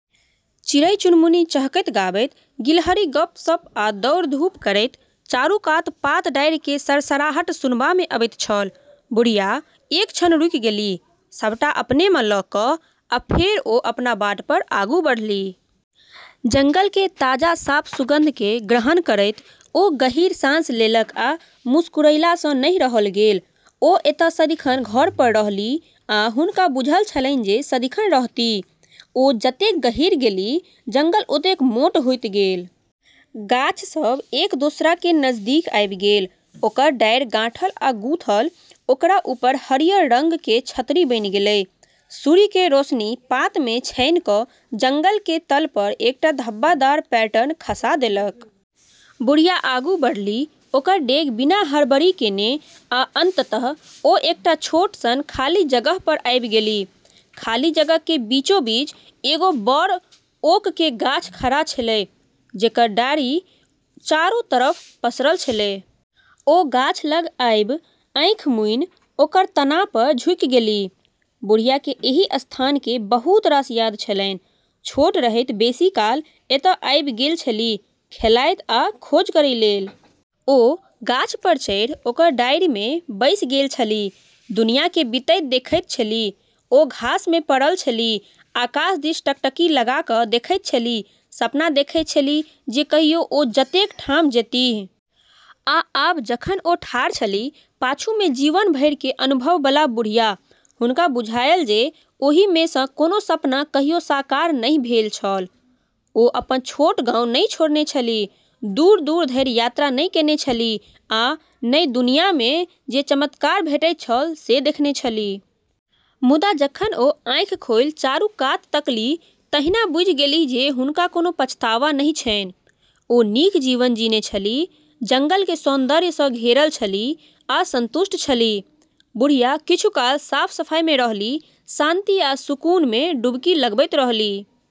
चिड़ै-चुनमुनी चहकैत-गाबैत, गिलहरी गप्प-सप्प आ दौड़-धूप करैत, चारू कात पात-डारि केर सरसराहट सुनबा मे अबैत छल। बुढ़िया एक क्षण रुकि गेलीह, सबटा अपना मे लऽ कऽ, आ फेर ओ अपन बाट पर आगू बढ़लीह। जंगल केर ताजा साफ सुगंध केँ ग्रहण करैत ओ गहींर साँस लेलक आ मुसुकुरैला सँ नहि रहल गेल। ओ एतय सदिखन घर पर रहलीह, आ हुनका बुझल छलनि जे सदिखन रहतीह। ओ जतेक गहींर गेलीह, जंगल ओतेक मोट होइत गेल। गाछ सभ एक दोसरा केर नजदीक आबि गेल, ओकर डारि गाँठल आ गूंथल, ओकरा ऊपर हरियर रंग केर छतरी बनि गेलै। सूर्य केर रोशनी पात मे छानि कऽ जंगल केर तल पर एकटा धब्बादार पैटर्न खसा देलक। बुढ़िया आगू बढ़लीह, ओकर डेग बिना हड़बड़ी केने, आ अंततः ओ एकटा छोट सन खाली जगह पर आबि गेलीह। खाली जगह केर बीचोबीच एगो बड़ ओक केर गाछ खड़ा छेलै, जेकर डारि चारो तरफ पसरल छेलै। ओ गाछ लग आबि आँखि मुनि ओकर तना पर झुकि गेलीह। बुढ़िया के एहि स्थान केर बहुत रास याद छलनि। छोट रहैत बेसी काल एतय आबि गेल छलीह, खेलाइत आ खोज करै लेल। ओ गाछ पर चढ़ि ओकर डारि मे बैसि गेल छलीह, दुनिया केर बीतैत देखैत छलीह। ओ घास मे पड़ल छलीह, आकाश दिस टकटकी लगा कऽ देखैत छलीह, सपना देखैत छलीह जे कहियो ओ जतेक ठाम जेतीह। आ आब जखन ओ ठाढ़ छलीह, पाछू मे जीवन भरि केर अनुभव बला बुढ़िया, हुनका बुझायल जे ओहि मे सँ कोनो सपना कहियो साकार नहि भेल छल। ओ अपन छोट गाउँ नहि छोड़ने छलीह, दूर-दूर धरि यात्रा नहि केने छलीह आ ने दुनिया मे जे चमत्कार भेटैत छल से देखने छलीह। मुदा जखन ओ आँखि खोलि चारू कात तकलीह तहिना बुझि गेलीह जे हुनका कोनो पछतावा नहि छनि। ओ नीक जीवन जीने छलीह, जंगल केर सौन्दर्य सँ घेरल छलीह आ संतुष्ट छलीह। बुढ़िया किछु काल साफ-सफाई मे रहलीह, शांति आ सुकून मे डुबकी लगबैत रहलीह।